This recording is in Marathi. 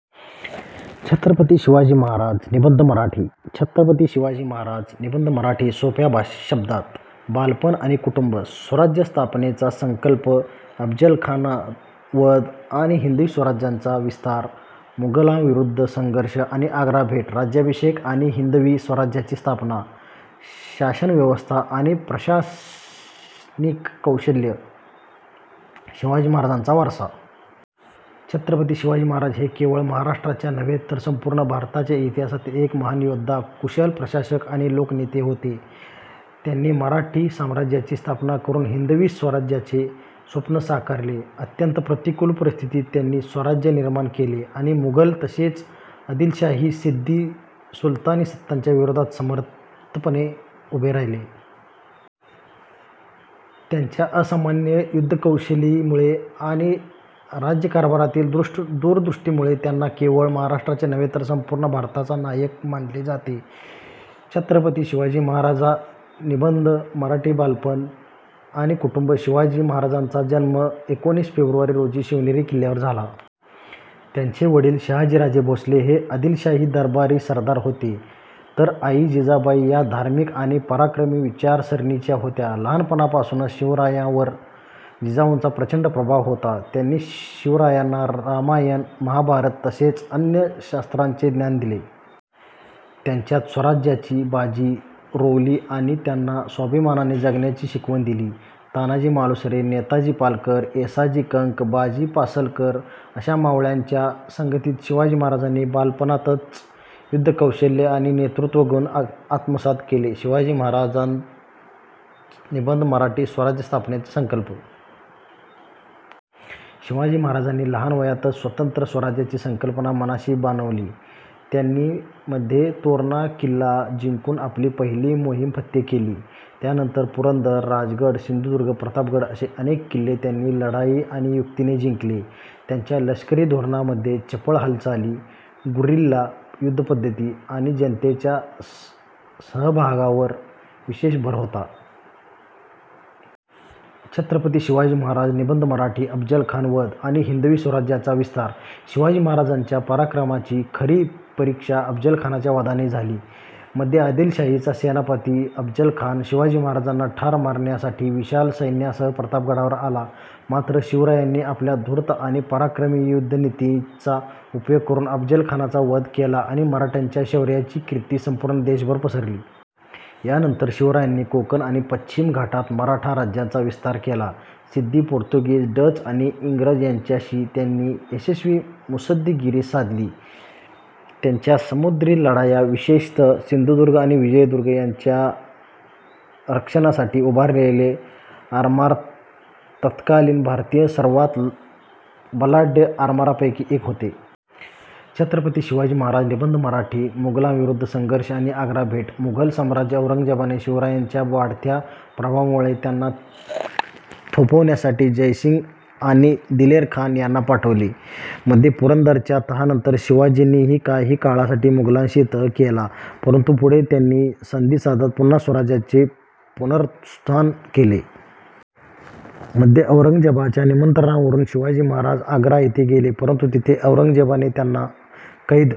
छत्रपती शिवाजी महाराज निबंध मराठी, छत्रपती शिवाजी महाराज निबंध मराठी सोप्या शब्दात, बालपण आणि कुटुंब, स्वराज्य स्थापनेचा संकल्प, अफजलखान वध आणि हिंदवी स्वराज्याचा विस्तार, मुघलांविरुद्ध संघर्ष आणि आग्रा भेट, राज्याभिषेक आणि हिंदवी स्वराज्याची स्थापना, शासनव्यवस्था आणि प्रशासनिक कौशल्य, शिवाजी महाराजांचा वारसा. छत्रपती शिवाजी महाराज हे केवळ महाराष्ट्राच्याच नव्हे तर संपूर्ण भारताच्या इतिहासातील एक महान योद्धा, कुशल प्रशासक आणि लोकनेते होते. त्यांनी मराठा साम्राज्याची स्थापना करून हिंदवी स्वराज्याचे स्वप्न साकारले. अत्यंत प्रतिकूल परिस्थितीत त्यांनी स्वराज्य निर्माण केले आणि मुघल तसेच आदिलशाही, सिद्दी, सुलतानी सत्तांच्या विरोधात समर्थपणे उभे राहिले. त्यांच्या असामान्य युद्धकौशल्यामुळे आणि राज्यकारभारातील दूरदृष्टीमुळे त्यांना केवळ महाराष्ट्रच नव्हे तर संपूर्ण भारताचा नायक मानले जाते. छत्रपती शिवाजी महाराज निबंध मराठी बालपण आणि कुटुंब. शिवाजी महाराजांचा जन्म एकोणीस फेब्रुवारी रोजी शिवनेरी किल्ल्यावर झाला. त्यांचे वडील शाहजीराजे भोसले हे आदिलशाही दरबारी सरदार होते, तर आई जिजाबाई या धार्मिक आणि पराक्रमी विचारसरणीच्या होत्या. लहानपणापासूनच शिवरायांवर जिजाऊंचा प्रचंड प्रभाव होता. त्यांनी शिवरायांना रामायण, महाभारत तसेच अन्य शास्त्रांचे ज्ञान दिले. त्यांच्यात स्वराज्याची बीजे रोवली आणि त्यांना स्वाभिमानाने जगण्याची शिकवण दिली. तानाजी मालुसरे, नेताजी पालकर, येसाजी कंक, बाजी पासलकर अशा मावळ्यांच्या संगतीत शिवाजी महाराजांनी बालपणातच युद्धकौशल्य आणि नेतृत्वगुण आत्मसात केले. छत्रपती शिवाजी महाराज निबंध मराठी स्वराज्य स्थापनेचा संकल्प. शिवाजी महाराजांनी लहान वयातच स्वतंत्र स्वराज्याची संकल्पना मनाशी बाणवली. त्यांनी मध्ये तोरणा किल्ला जिंकून आपली पहिली मोहिम फत्ते केली. त्यानंतर पुरंदर, राजगड, सिंधुदुर्ग, प्रतापगड असे अनेक किल्ले त्यांनी लढाई आणि युक्तीने जिंकले. त्यांच्या लष्करी धोरणांमध्ये चपळ हालचाली, गुरिल्ला युद्धपद्धती आणि जनतेच्या सहभागावर विशेष भर होता. छत्रपती शिवाजी महाराज निबंध मराठी अफजलखान वध आणि हिंदवी स्वराज्याचा विस्तार. शिवाजी महाराजांच्या पराक्रमाची खरी परीक्षा अफजलखानाच्या वधाने झाली. मध्ये आदिलशाहीचा सेनापती अफजलखान शिवाजी महाराजांना ठार मारण्यासाठी विशाल सैन्यासह प्रतापगडावर आला. मात्र, शिवरायांनी आपल्या धूर्त आणि पराक्रमी युद्धनीतीचा उपयोग करून अफजलखानाचा वध केला आणि मराठ्यांच्या शौर्याची कीर्ती संपूर्ण देशभर पसरली. यानंतर शिवरायांनी कोकण आणि पश्चिम घाटात मराठा राज्याचा विस्तार केला. सिद्धी, पोर्तुगीज, डच आणि इंग्रज यांच्याशी त्यांनी यशस्वी मुत्सद्देगिरी साधली. त्यांच्या समुद्री लढाया विशेषतः सिंधुदुर्ग आणि विजयदुर्ग यांच्या संरक्षणासाठी उभारलेले आरमार तत्कालीन भारतातील सर्वांत बलाढ्य आरमारांपैकी एक होते. छत्रपती शिवाजी महाराज निबंध मराठी मुघलांविरुद्ध संघर्ष आणि आग्रा भेट. मुघल सम्राट औरंगजेबाने शिवरायांच्या वाढत्या प्रभावामुळे त्यांना थोपवण्यासाठी जयसिंग आणि दिलेरखान यांना पाठवले. मध्ये पुरंदरच्या तहानंतर शिवाजींनी काही काळासाठी मुघलांशी तह केला, परंतु पुढे त्यांनी संधी साधत पुन्हा स्वराज्याचे पुनरुत्थान केले. मध्ये औरंगजेबाच्या निमंत्रणावरून शिवाजी महाराज आग्रा येथे गेले. परंतु तिथे औरंगजेबाने त्यांना कैद